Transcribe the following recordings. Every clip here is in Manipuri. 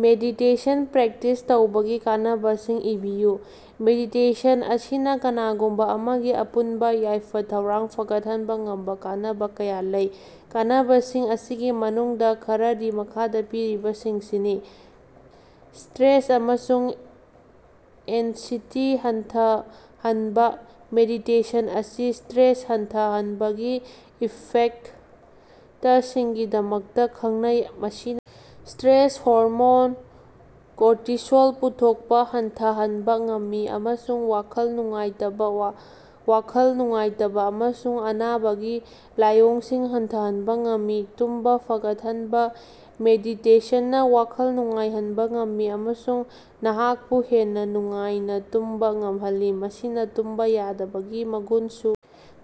ꯃꯦꯗꯤꯇꯦꯁꯟ ꯄ꯭ꯔꯦꯛꯇꯤꯁ ꯇꯧꯕꯒꯤ ꯀꯥꯟꯅꯕꯁꯤꯡ ꯏꯕꯤꯌꯨ꯫ ꯃꯦꯗꯤꯇꯦꯁꯟ ꯑꯁꯤꯅꯥ ꯀꯅꯥꯒꯨꯝꯕ ꯑꯃꯒꯤ ꯑꯄꯨꯟꯕ ꯌꯥꯏꯐ-ꯊꯧꯔꯥꯡ ꯐꯒꯠꯍꯟꯕꯥ ꯉꯝꯕ ꯀꯥꯟꯅꯕ ꯀꯌꯥ ꯂꯩ꯫ ꯀꯥꯟꯅꯕꯁꯤꯡ ꯑꯁꯤꯒꯤ ꯃꯅꯨꯡꯗꯥ ꯈꯔꯗꯤ ꯃꯈꯥꯗ ꯄꯤꯔꯤꯕꯁꯤꯡꯁꯤꯅꯤ: ꯁ꯭ꯇꯔꯦꯁ ꯑꯃꯁꯨꯡ ꯑꯦꯟꯁꯤꯇꯤ ꯍꯟꯊꯍꯟꯕꯥ: ꯃꯦꯗꯤꯇꯦꯁꯟ ꯑꯁꯤ ꯁ꯭ꯇꯔꯦꯁ ꯍꯟꯊꯍꯟꯕꯒꯤ ꯏꯐꯦꯛꯇꯁꯤꯡꯒꯤꯗꯃꯛꯇꯥ ꯈꯪꯅꯩ꯫ ꯃꯁꯤꯅ ꯁ꯭ꯇꯔꯦꯁ ꯍꯣꯔꯃꯣꯟ ꯀꯣꯔꯇꯤꯁꯣꯜ ꯄꯨꯊꯣꯛꯄꯥ ꯍꯟꯊꯍꯟꯕ ꯉꯝꯃꯤ, ꯑꯃꯁꯨꯡ ꯋꯥꯈꯜ ꯅꯨꯡꯉꯥꯏꯇꯕꯥ, ꯋꯥꯈꯜ ꯅꯨꯡꯉꯥꯏꯇꯕꯥ ꯑꯃꯁꯨꯡ ꯑꯅꯥꯕꯒꯤ ꯂꯥꯏꯑꯣꯡꯁꯤꯡ ꯍꯟꯊꯍꯟꯕ ꯉꯝꯃꯤ꯫ ꯇꯨꯝꯕꯥ ꯐꯒꯠꯍꯟꯕ: ꯃꯦꯗꯤꯇꯦꯁꯟꯅꯥ ꯋꯥꯈꯜ ꯅꯨꯡꯉꯥꯏꯍꯟꯕ ꯉꯝꯃꯤ ꯑꯃꯁꯨꯡ ꯅꯍꯥꯛꯄꯨ ꯍꯦꯟꯅꯥ ꯅꯨꯡꯉꯥꯏꯅꯥ ꯇꯨꯝꯕꯥ ꯉꯝꯍꯜꯂꯤ꯫ ꯃꯁꯤꯅꯥ ꯇꯨꯝꯕꯥ ꯌꯥꯗꯕꯒꯤ ꯃꯒꯨꯟꯁꯨ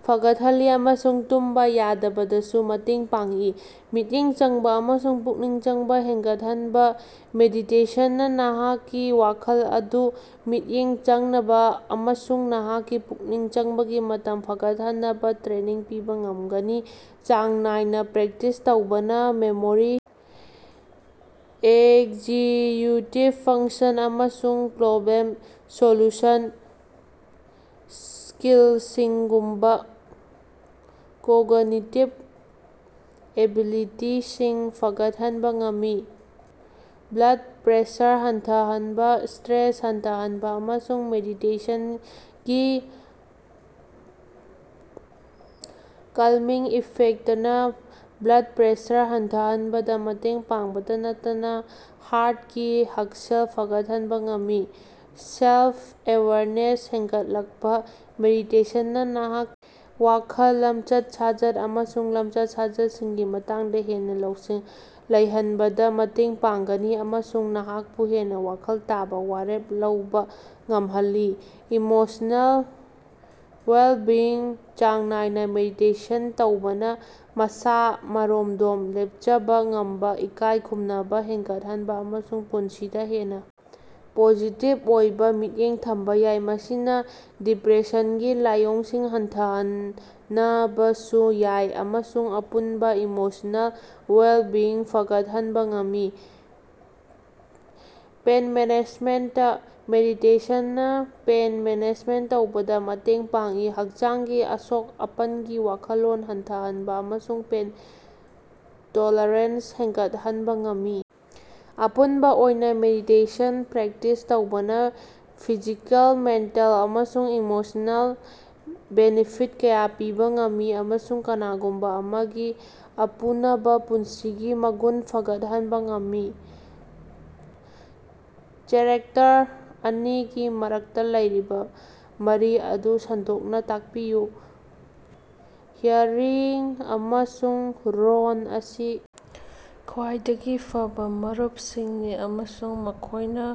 ꯐꯒꯠꯍꯜꯂꯤ ꯑꯃꯁꯨꯡ ꯇꯨꯝꯕꯥ ꯌꯥꯗꯕꯗꯁꯨ ꯃꯇꯦꯡ ꯄꯥꯡꯏ꯫ ꯃꯤꯠꯌꯦꯡ ꯆꯪꯕꯥ ꯑꯃꯁꯨꯡ ꯄꯨꯛꯅꯤꯡ ꯆꯪꯕꯥ ꯍꯦꯟꯒꯠꯍꯟꯕ: ꯃꯦꯗꯤꯇꯦꯁꯟꯅꯥ ꯅꯍꯥꯛꯀꯤ ꯋꯥꯈꯜ ꯑꯗꯨ ꯃꯤꯠꯌꯦꯡ ꯆꯪꯅꯕꯥ ꯑꯃꯁꯨꯡ ꯅꯍꯥꯛꯀꯤ ꯄꯨꯛꯅꯤꯡ ꯆꯪꯕꯒꯤ ꯃꯇꯝ ꯐꯒꯠꯍꯟꯅꯕꯥ ꯇ꯭ꯔꯦꯅꯤꯡ ꯄꯤꯕꯥ ꯉꯝꯒꯅꯤ꯫ ꯆꯥꯡ ꯅꯥꯏꯅꯥ ꯄ꯭ꯔꯦꯛꯇꯤꯁ ꯇꯧꯕꯅꯥ ꯃꯦꯃꯣꯔꯤ, ꯑꯦꯀꯖꯤꯛꯌꯨꯇꯤꯚ ꯐꯪꯛꯁꯟ, ꯑꯃꯁꯨꯡ ꯄ꯭ꯔꯣꯕ꯭ꯂꯦꯝ ꯁꯣꯜꯌꯨꯁꯟ ꯁ꯭ꯀꯤꯜꯁꯤꯡꯒꯨꯝꯕꯥ ꯀꯣꯒꯅꯤꯇꯤꯚ ꯑꯦꯕꯤꯂꯤꯇꯤꯁꯤꯡ ꯐꯒꯠꯍꯟꯕ ꯉꯝꯃꯤ꯫ ꯕ꯭ꯂꯗ ꯄ꯭ꯔꯦꯁꯔ ꯍꯟꯊꯍꯅꯕꯥ: ꯁ꯭ꯇꯔꯦꯁ ꯍꯟꯊꯍꯟꯕ ꯑꯃꯁꯨꯡ ꯃꯦꯗꯤꯇꯦꯁꯟꯒꯤ ꯀꯜꯃꯤꯡ ꯏꯐꯦꯛꯇꯅꯥ ꯕ꯭ꯂꯗ ꯄ꯭ꯔꯦꯁꯔ ꯍꯟꯊꯍꯟꯕꯗꯥ ꯃꯇꯦꯡ ꯄꯥꯡꯕꯇꯥ ꯅꯠꯇꯅꯥ ꯍꯥꯔꯇꯀꯤ ꯍꯛꯁꯦꯜ ꯐꯒꯠꯍꯟꯕ ꯉꯝꯃꯤ꯫ ꯁꯦꯜꯐ-ꯑꯦꯋꯥꯔꯅꯦꯁ ꯍꯦꯟꯒꯠꯂꯛꯄꯥ: ꯃꯦꯗꯤꯇꯦꯁꯟꯅꯥ ꯅꯍꯥꯛꯀꯤ ꯋꯥꯈꯜ, ꯂꯝꯆꯠ-ꯁꯥꯖꯠ ꯑꯃꯁꯨꯡ ꯂꯝꯆꯠ-ꯁꯥꯖꯠꯁꯤꯡꯒꯤ ꯃꯇꯥꯡꯗꯥ ꯍꯦꯟꯅꯥ ꯂꯧꯁꯤꯡ ꯂꯩꯍꯟꯕꯗꯥ ꯃꯇꯦꯡ ꯄꯥꯡꯒꯅꯤ, ꯑꯃꯁꯨꯡ ꯅꯍꯥꯛꯄꯨ ꯍꯦꯟꯅꯥ ꯋꯥꯈꯜ ꯇꯥꯕꯥ ꯋꯥꯔꯦꯞ ꯂꯧꯕꯥ ꯉꯝꯍꯜꯂꯤ꯫ ꯏꯃꯣꯁꯅꯦꯜ ꯋꯦꯂꯕꯤꯡ: ꯆꯥꯡ ꯅꯥꯏꯅꯥ ꯃꯦꯗꯤꯇꯦꯁꯟ ꯇꯧꯕꯅꯥ ꯃꯁꯥ-ꯃꯔꯣꯝꯗꯣꯝ ꯂꯦꯄꯆꯕꯥ ꯉꯝꯕꯥ, ꯏꯀꯥꯏ ꯈꯨꯝꯅꯕꯥ ꯍꯦꯟꯒꯠꯍꯟꯕ ꯑꯃꯁꯨꯡ ꯄꯨꯟꯁꯤꯗꯥ ꯍꯦꯟꯅꯥ ꯄꯣꯖꯤꯇꯤꯚ ꯑꯣꯏꯕꯥ ꯃꯤꯠꯌꯦꯡ ꯊꯝꯕꯥ ꯌꯥꯏ꯫ ꯃꯁꯤꯅꯥ ꯗꯤꯄ꯭ꯔꯦꯁꯟꯒꯤ ꯂꯥꯏꯑꯣꯡꯁꯤꯡ ꯍꯟꯊꯍꯅꯕꯁꯨ ꯌꯥꯏ ꯑꯃꯁꯨꯡ ꯑꯄꯨꯟꯕꯥ ꯏꯃꯣꯁꯅꯦꯜ ꯋꯦꯜꯕꯤꯌꯤꯡ ꯐꯒꯠꯍꯟꯕ ꯉꯝꯃꯤ꯫ ꯄꯦꯟ ꯃꯦꯅꯦꯖꯃꯦꯟꯇ: ꯃꯦꯗꯤꯇꯦꯁꯟꯅꯥ ꯄꯦꯏꯟ ꯃꯦꯅꯦꯖ ꯇꯧꯕꯗꯥ ꯃꯇꯦꯡ ꯄꯥꯡꯏ, ꯍꯛꯆꯥꯡꯒꯤ ꯑꯁꯣꯛ-ꯑꯄꯟꯒꯤ ꯋꯥꯈꯜꯂꯣꯟ ꯍꯟꯊꯍꯟꯕ ꯑꯃꯁꯨꯡ ꯄꯦꯟ ꯇꯣꯂꯔꯦꯟꯁ ꯍꯦꯟꯒꯠꯍꯟꯕ ꯉꯝꯃꯤ꯫ ꯑꯄꯨꯟꯕꯥ ꯑꯣꯏꯅꯥ, ꯃꯦꯗꯤꯇꯦꯁꯟ ꯄ꯭ꯔꯦꯛꯇꯤꯁ ꯇꯧꯕꯅꯥ ꯐꯤꯖꯤꯀꯦꯜ, ꯃꯦꯟꯇꯦꯜ ꯑꯃꯁꯨꯡ ꯏꯃꯣꯁꯅꯦꯜ ꯕꯦꯅꯤꯐꯤꯠ ꯀꯌꯥ ꯄꯤꯕꯥ ꯉꯝꯃꯤ, ꯑꯃꯁꯨꯡ ꯀꯅꯥꯒꯨꯝꯕꯥ ꯑꯃꯒꯤ ꯑꯄꯨꯅꯕꯥ ꯄꯨꯟꯁꯤꯒꯤ ꯃꯒꯨꯟ ꯐꯒꯠꯍꯟꯕ ꯉꯝꯃꯤ꯫ ꯆꯦꯔꯦꯛꯇꯔ ꯑꯅꯤꯒꯤ ꯃꯔꯛꯇꯥ ꯂꯩꯔꯤꯕꯥ ꯃꯔꯤ ꯑꯗꯨ ꯁꯟꯗꯣꯛꯅꯥ ꯇꯥꯛꯄꯤꯌꯨ꯫ ꯍ꯭ꯌꯥꯔꯤꯡ ꯑꯃꯁꯨꯡ ꯔꯣꯟ ꯑꯁꯤ ꯈ꯭ꯋꯥꯏꯗꯒꯤ ꯐꯕꯥ ꯃꯔꯨꯄꯁꯤꯡꯅꯤ ꯑꯃꯁꯨꯡ ꯃꯈꯣꯏꯅꯥ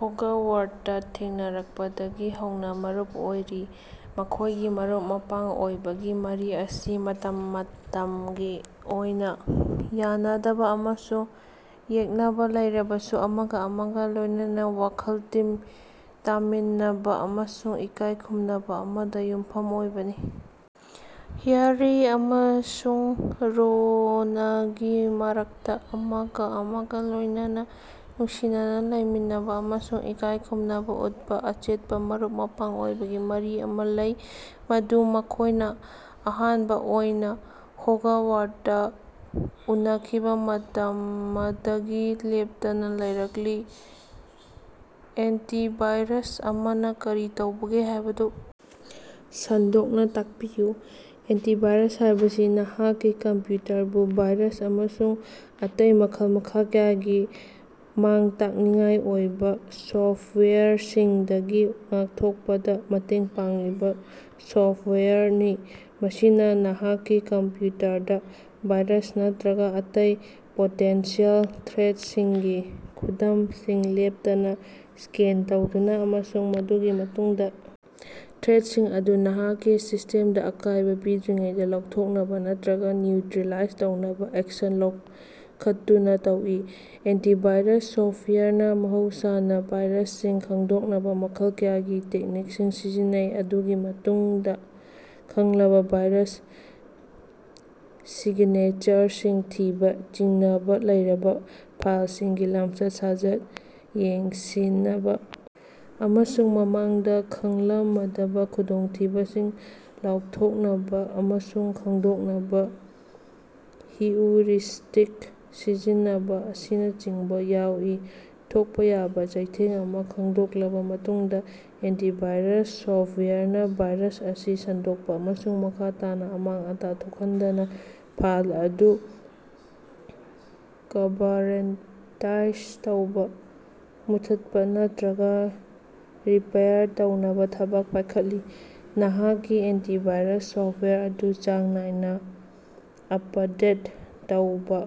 ꯍꯣꯒꯋꯥꯔꯗꯇꯥ ꯊꯦꯡꯅꯔꯛꯄꯗꯒꯤ ꯍꯧꯅꯥ ꯃꯔꯨꯞ ꯑꯣꯏꯔꯤ꯫ ꯃꯈꯣꯏꯒꯤ ꯃꯔꯨꯞ-ꯃꯄꯥꯡ ꯑꯣꯏꯕꯒꯤ ꯃꯔꯤ ꯑꯁꯤ ꯃꯇꯝ ꯃꯇꯃꯒꯤ ꯑꯣꯏꯅꯥ ꯌꯥꯅꯗꯕꯥ ꯑꯃꯁꯨꯡ ꯌꯦꯛꯅꯕꯥ ꯂꯩꯔꯕꯁꯨ ꯑꯃꯒꯥ ꯑꯃꯒꯥ ꯂꯣꯏꯅꯅ ꯋꯥꯈꯜ ꯇꯥꯃꯤꯟꯅꯕꯥ ꯑꯃꯁꯨꯡ ꯏꯀꯥꯏ ꯈꯨꯝꯅꯕꯥ ꯑꯃꯗꯥ ꯌꯨꯝꯐꯝ ꯑꯣꯏꯕꯅꯤ꯫ ꯍ꯭ꯌꯥꯔꯤ ꯑꯃꯁꯨꯡ ꯔꯣꯅꯒꯤ ꯃꯔꯛꯇꯥ ꯑꯃꯒꯥ ꯑꯃꯒꯥ ꯂꯣꯏꯅꯅ ꯅꯨꯡꯁꯤꯅꯅꯥ ꯂꯩꯃꯤꯟꯅꯕꯥ ꯑꯃꯁꯨꯡ ꯏꯀꯥꯏ ꯈꯨꯝꯅꯕꯥ ꯎꯠꯄꯥ ꯑꯆꯦꯠꯄꯥ ꯃꯔꯨꯞ-ꯃꯄꯥꯡ ꯑꯣꯏꯕꯒꯤ ꯃꯔꯤ ꯑꯃꯥ ꯂꯩ, ꯃꯗꯨ ꯃꯈꯣꯏꯅꯥ ꯑꯍꯥꯟꯕꯥ ꯑꯣꯏꯅꯥ ꯍꯣꯒꯋꯥꯔꯗꯇꯥ ꯎꯅꯈꯤꯕꯥ ꯃꯇꯃꯗꯒꯤ ꯂꯦꯞꯇꯅꯥ ꯂꯩꯔꯛꯂꯤ꯫ ꯑꯦꯟꯇꯤꯚꯥꯏꯔꯁ ꯑꯃꯅꯥ ꯀꯔꯤ ꯇꯧꯕꯒꯦ ꯍꯥꯏꯕꯗꯨ ꯁꯟꯗꯣꯛꯅꯥ ꯇꯥꯛꯄꯤꯌꯨ꯫ ꯑꯦꯟꯇꯤꯚꯥꯏꯔꯁ ꯍꯥꯏꯕꯁꯤ ꯅꯍꯥꯛꯀꯤ ꯀꯝꯄ꯭ꯌꯨꯇꯔꯕꯨ ꯚꯥꯏꯔꯁ ꯑꯃꯁꯨꯡ ꯑꯇꯩ ꯃꯈꯜ-ꯃꯈꯥ ꯀꯌꯥꯒꯤ ꯃꯥꯡ-ꯇꯥꯛꯅꯤꯡꯉꯥꯏ ꯑꯣꯏꯕꯥ ꯁꯣꯐꯇꯋꯥꯌꯔꯁꯤꯡꯗꯒꯤ ꯉꯥꯛꯊꯣꯛꯄꯗꯥ ꯃꯇꯦꯡ ꯄꯥꯡꯂꯤꯕꯥ ꯁꯣꯐꯇꯋꯥꯌꯔꯅꯤ꯫ ꯃꯁꯤꯅꯥ ꯅꯍꯥꯛꯀꯤ ꯀꯝꯞꯌꯨꯇꯔꯗꯥ ꯚꯥꯏꯔꯁ ꯅꯠꯇꯔꯒꯥ ꯑꯇꯩ ꯄꯣꯇꯦꯟꯁꯤꯑꯦꯜ ꯊ꯭ꯔꯦꯠꯁꯤꯡꯒꯤ ꯈꯨꯗꯃꯁꯤꯡ ꯂꯦꯞꯇꯅꯥ ꯁ꯭ꯀꯦꯟ ꯇꯧꯗꯨꯅꯥ, ꯑꯃꯁꯨꯡ ꯃꯗꯨꯒꯤ ꯃꯇꯨꯡꯗꯥ ꯊ꯭ꯔꯦꯠꯁꯤꯡ ꯑꯗꯨ ꯅꯍꯥꯛꯀꯤ ꯁꯤꯁꯇꯦꯃꯗꯥ ꯑꯀꯥꯏꯕꯥ ꯄꯤꯗ꯭ꯔꯤꯉꯩꯗꯥ ꯂꯧꯊꯣꯛꯅꯕꯥ ꯅꯠꯇꯔꯒꯥ ꯅ꯭ꯌꯨꯇ꯭ꯔꯤꯂꯥꯏꯖ ꯇꯧꯅꯕꯥ ꯑꯦꯛꯁꯟ ꯂꯧꯈꯠꯇꯨꯅꯥ ꯇꯧꯏ꯫ ꯑꯦꯟꯇꯤꯚꯥꯏꯔꯁ ꯁꯣꯐꯇꯋꯥꯌꯔꯅꯥ ꯃꯍꯧꯁꯥꯅꯥ ꯚꯥꯏꯔꯁꯁꯤꯡ ꯈꯪꯗꯣꯛꯅꯕꯥ ꯃꯈꯜ ꯀꯌꯥꯒꯤ ꯇꯦꯛꯅꯤꯛꯁꯤꯡ ꯁꯤꯖꯤꯟꯅꯩ, ꯃꯗꯨꯒꯤ ꯃꯅꯨꯡꯗꯥ ꯈꯪꯂꯕꯥ ꯚꯥꯏꯔꯁ ꯁꯤꯒꯅꯦꯆꯔꯁꯤꯡ ꯊꯤꯕꯥ, ꯆꯤꯡꯅꯕꯥ ꯂꯩꯔꯕꯥ ꯐꯥꯏꯂꯁꯤꯡꯒꯤ ꯂꯝꯆꯠ-ꯁꯥꯖꯠ ꯌꯦꯡꯁꯤꯅꯕꯥ, ꯑꯃꯁꯨꯡ ꯃꯃꯥꯡꯗꯥ ꯈꯪꯂꯃꯗꯕꯥ ꯈꯨꯗꯣꯡꯊꯤꯕꯁꯤꯡ ꯂꯥꯎꯊꯣꯛꯅꯕꯥ ꯑꯃꯁꯨꯡ ꯈꯪꯗꯣꯛꯅꯕꯥ ꯍꯤꯎꯔꯤꯁꯇꯤꯛ ꯁꯤꯖꯤꯟꯅꯕꯥ ꯑꯁꯤꯅꯆꯤꯡꯕꯥ ꯌꯥꯎꯏ꯫ ꯊꯣꯛꯄꯥ ꯌꯥꯕꯥ ꯆꯩꯊꯦꯡ ꯑꯃ ꯈꯪꯗꯣꯛꯂꯕꯥ ꯃꯇꯨꯡꯗꯥ, ꯑꯦꯟꯇꯤꯚꯥꯏꯔꯁ ꯁꯣꯐꯇꯋꯥꯌꯔꯅꯥ ꯚꯥꯏꯔꯁ ꯑꯁꯤ ꯁꯟꯗꯣꯛꯄꯥ ꯑꯃꯁꯨꯡ ꯃꯈꯥ ꯇꯥꯅꯥ ꯑꯃꯥꯡ-ꯑꯇꯥ ꯊꯣꯛꯍꯟꯗꯅꯕ ꯐꯥꯏꯜ ꯑꯗꯨ ꯀꯕꯥꯔꯦꯟꯇꯥꯏꯁ ꯇꯧꯕꯥ, ꯃꯨꯠꯊꯠꯄꯥ ꯅꯠꯇꯔꯒꯥ ꯔꯤꯄꯦꯌꯥꯔ ꯇꯧꯅꯕꯥ ꯊꯕꯛ ꯄꯥꯏꯈꯠꯂꯤ꯫ ꯅꯍꯥꯛꯀꯤ ꯑꯦꯟꯇꯤꯚꯥꯏꯔꯁ ꯁꯣꯐꯇꯋꯥꯌꯔ ꯑꯗꯨ ꯆꯥꯡ ꯅꯥꯏꯅꯥ ꯑꯄꯗꯦꯠ ꯇꯧꯕꯥ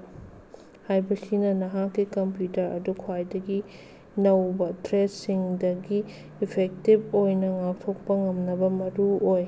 ꯍꯥꯏꯕꯁꯤꯅꯥ ꯅꯍꯥꯛꯀꯤ ꯀꯝꯄ꯭ꯌꯨꯇꯔ ꯑꯗꯨ ꯈ꯭ꯋꯥꯏꯗꯒꯤ ꯅꯧꯕꯥ ꯊ꯭ꯔꯦꯠꯁꯤꯡꯗꯒꯤ ꯏꯐꯦꯛꯇꯤꯚ ꯑꯣꯏꯅꯥ ꯉꯥꯛꯊꯣꯛꯄꯥ ꯉꯝꯅꯕꯥ ꯃꯔꯨꯑꯣꯏ꯫।